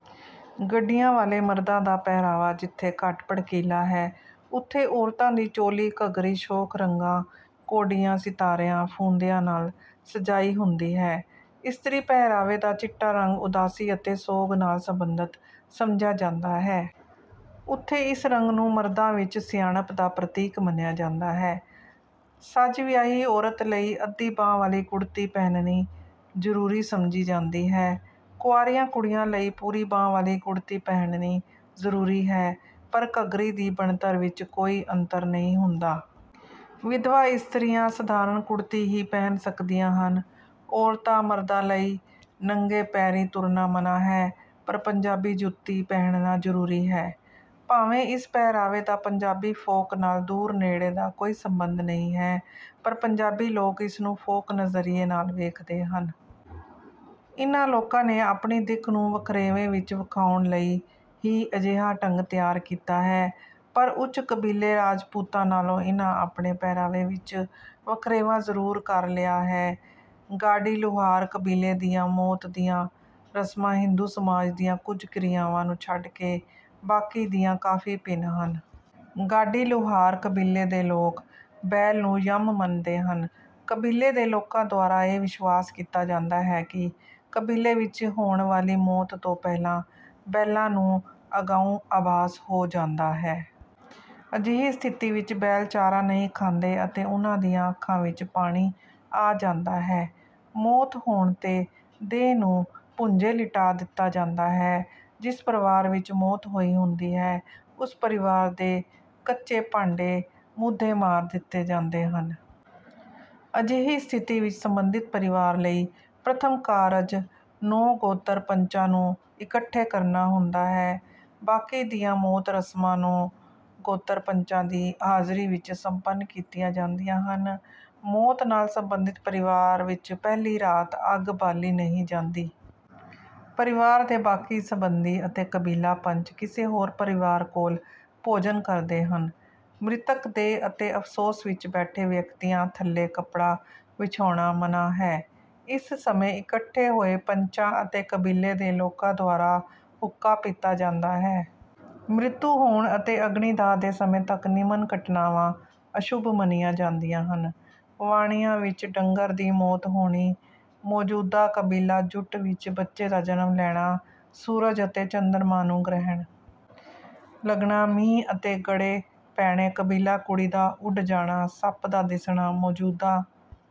ਗੱਡੀਆਂ ਵਾਲੇ ਮਰਦਾਂ ਦਾ ਪਹਿਰਾਵਾ ਜਿੱਥੇ ਘੱਟ ਭੜਕੀਲਾ ਹੈ ਉਥੇ ਔਰਤਾਂ ਦੀ ਚੋਲੀ ਘੱਗਰੀ ਸ਼ੋਖ ਰੰਗਾਂ ਕੌਡੀਆਂ ਸਿਤਾਰਿਆਂ ਫੂੰਦਿਆਂ ਨਾਲ ਸਜਾਈ ਹੁੰਦੀ ਹੈ। ਇਸਤਰੀ ਪਹਿਰਾਵੇ ਦਾ ਚਿੱਟਾ ਰੰਗ ਉਦਾਸੀ ਅਤੇ ਸੋਗ ਨਾਲ ਸਬੰਧਤ ਸਮਝਿਆ ਜਾਂਦਾ ਹੈ। ਉਥੇ ਇਸ ਰੰਗ ਨੂੰ ਮਰਦਾਂ ਵਿੱਚ ਸਿਆਣਪ ਦਾ ਪ੍ਰਤੀਕ ਮੰਨਿਆ ਜਾਂਦਾ ਹੈ। ਸੱਜ ਵਿਆਹੀ ਔਰਤ ਲਈ ਅੱਧੀ ਬਾਂਹ ਵਾਲੀ ਕੁੜਤੀ ਪਹਿਨਣੀ ਜ਼ਰੂਰੀ ਸਮਝੀ ਜਾਂਦੀ ਹੈ। ਕੁਆਰੀਆਂ ਕੁੜੀਆਂ ਲਈ ਪੂਰੀ ਬਾਂਹ ਵਾਲੀ ਕੁੜਤੀ ਪਹਿਨਣੀ ਜ਼ਰੂਰੀ ਹੈ ਪਰ ਘੱਗਰੀ ਦੀ ਬਣਤਰ ਵਿੱਚ ਕੋਈ ਅੰਤਰ ਨਹੀਂ ਹੁੰਦਾ। ਵਿਧਵਾ ਇਸਤਰੀਆਂ ਸਧਾਰਨ ਕੁੜਤੀ ਹੀ ਪਹਿਨ ਸਕਦੀਆਂ ਹਨ। ਔਰਤਾਂ ਮਰਦਾਂ ਲਈ ਨੰਗੇ ਪੈਰੀਂ ਤੁਰਨਾ ਮਨ੍ਹਾ ਹੈ। ਪਰ ਪੰਜਾਬੀ ਜੁੱਤੀ ਪਹਿਨਣਾ ਜ਼ਰੂਰੀ ਹੈ। ਭਾਵੇਂ ਇਸ ਪਹਿਰਾਵੇ ਦਾ ਪੰਜਾਬੀ ਫੋਕ ਨਾਲ ਦੂਰ ਨੇੜੇ ਦਾ ਕੋਈ ਸਬੰਧ ਨਹੀਂ ਹੈ ਪਰ ਪੰਜਾਬੀ ਲੋਕ ਇਸਨੂੰ ਫੋਕ ਨਜ਼ਰੀਏ ਨਾਲ ਵੇਖਦੇ ਹਨ। ਇਨ੍ਹਾਂ ਲੋਕਾਂ ਨੇ ਆਪਣੀ ਦਿੱਖ ਨੂੰ ਵਖਰੇਵੇਂ ਵਿੱਚ ਵਿਖਾਉਣ ਲਈ ਹੀ ਅਜਿਹਾ ਢੰਗ ਤਿਆਰ ਕੀਤਾ ਹੈ। ਪਰ ਉੱਚ ਕਬੀਲੇ ਰਾਜਪੂਤਾਂ ਨਾਲੋਂ ਇਨ੍ਹਾਂ ਆਪਣੇ ਪਹਿਰਾਵੇ ਵਿੱਚ ਵਖਰੇਵਾਂ ਜ਼ਰੂਰ ਕਰ ਲਿਆ ਹੈ। ਗਾਡੀ ਲੁਹਾਰ ਕਬੀਲੇ ਦੀਆਂ ਮੌਤ ਦੀਆਂ ਰਸਮਾਂ ਹਿੰਦੂ ਸਮਾਜ ਦੀਆਂ ਕੁੱਝ ਕਿਰਿਆਵਾਂ ਨੂੰ ਛੱਡ ਕੇ ਬਾਕੀ ਦੀਆਂ ਕਾਫੀ ਭਿੰਨ ਹਨ। ਗਾਡੀ ਲੁਹਾਰ ਕਬੀਲੇ ਦੇ ਲੋਕ ਬੈਲ ਨੂੰ ਯਮ ਮੰਨਦੇ ਹਨ। ਕਬੀਲੇ ਦੇ ਲੋਕਾਂ ਦੁਆਰਾ ਇਹ ਵਿਸ਼ਵਾਸ ਕੀਤਾ ਜਾਂਦਾ ਹੈ ਕਿ ਕਬੀਲੇ ਵਿੱਚ ਹੋਣ ਵਾਲੀ ਮੌਤ ਤੋਂ ਪਹਿਲਾਂ ਬੈਲਾਂ ਨੂੰ ਅਗਾਊਂ ਆਭਾਸ ਹੋ ਜਾਂਦਾ ਹੈ। ਅਜਿਹੀ ਸਥਿਤੀ ਵਿੱਚ ਬੈਲ ਚਾਰਾ ਨਹੀਂ ਖਾਂਦੇ ਅਤੇ ਉਨ੍ਹਾਂ ਦੀਆਂ ਅੱਖਾਂ ਵਿੱਚ ਪਾਣੀ ਆ ਜਾਂਦਾ ਹੈ। ਮੌਤ ਹੋਣ ਤੇ ਦੇਹ ਨੂੰ ਭੁੰਜੇ ਲਿਟਾ ਦਿੱਤਾ ਜਾਂਦਾ ਹੈ। ਜਿਸ ਪਰਿਵਾਰ ਵਿੱਚ ਮੌਤ ਹੋਈ ਹੁੰਦੀ ਹੈ ਉਸ ਪਰਿਵਾਰ ਦੇ ਕੱਚੇ ਭਾਂਡੇ ਮੂਧੇ ਮਾਰ ਦਿੱਤੇ ਜਾਂਦੇ ਹਨ। ਅਜਿਹੀ ਸਥਿਤੀ ਵਿੱਚ ਸਬੰਧਿਤ ਪਰਿਵਾਰ ਲਈ ਪ੍ਰਥਮ ਕਾਰਜ ਨੌਂ ਗੋਤਰ ਪੰਚਾਂ ਨੂੰ ਇਕੱਠੇ ਕਰਨਾ ਹੁੰਦਾ ਹੈ। ਬਾਕੀ ਦੀਆਂ ਮੌਤ ਰਸਮਾਂ ਨੌਂ ਗੋਤਰ ਪੰਚਾਂ ਦੀ ਹਾਜ਼ਰੀ ਵਿੱਚ ਸੰਪੰਨ ਕੀਤੀਆਂ ਜਾਂਦੀਆਂ ਹਨ। ਮੌਤ ਨਾਲ ਸਬੰਧਿਤ ਪਰਿਵਾਰ ਵਿੱਚ ਪਹਿਲੀ ਰਾਤ ਅੱਗ ਬਾਲੀ ਨਹੀਂ ਜਾਂਦੀ। ਪਰਿਵਾਰ ਦੇ ਬਾਕੀ ਸਬੰਧੀ ਅਤੇ ਕਬੀਲਾ ਪੰਚ ਕਿਸੇ ਹੋਰ ਪਰਿਵਾਰ ਕੋਲ ਭੋਜਨ ਕਰਦੇ ਹਨ। ਮ੍ਰਿਤਕ ਦੇਹ ਅਤੇ ਅਫ਼ਸੋਸ ਵਿੱਚ ਬੈਠੇ ਵਿਅਕਤੀਆਂ ਥੱਲੇ ਕੱਪੜਾ ਵਿਛਾਉਣਾ ਮਨ੍ਹਾ ਹੈ। ਇਸ ਸਮੇਂ ਇਕੱਠੇ ਹੋਏ ਪੰਚਾਂ ਅਤੇ ਕਬੀਲੇ ਦੇ ਲੋਕਾਂ ਦੁਆਰਾ ਹੁੱਕਾ ਪੀਤਾ ਜਾਂਦਾ ਹੈ। ਮ੍ਰਿਤੂ ਹੋਣ ਅਤੇ ਅਗਨੀ ਦਾਹ ਦੇ ਸਮੇਂ ਤੱਕ ਨਿਮਨ ਘਟਨਾਵਾਂ ਅਸ਼ੁਭ ਮੰਨੀਆਂ ਜਾਂਦੀਆਂ ਹਨ। ਵਾਣਿਆਂ ਵਿੱਚ ਡੰਗਰ ਦੀ ਮੌਤ ਹੋਣੀ ਮੌਜੂਦਾ ਕਬੀਲਾ ਜੁੱਟ ਵਿੱਚ ਬੱਚੇ ਦਾ ਜਨਮ ਲੈਣਾ ਸੂਰਜ ਅਤੇ ਚੰਦਰਮਾ ਨੂੰ ਗ੍ਰਹਿਣ ਲੱਗਣਾ ਮੀਂਹ ਅਤੇ ਗੜੇ ਪੈਣੇ ਕਬੀਲਾ ਕੁੜੀ ਦਾ ਉੱਡ ਜਾਣਾ ਸੱਪ ਦਾ ਦਿਸਣਾ ਮੌਜੂਦਾ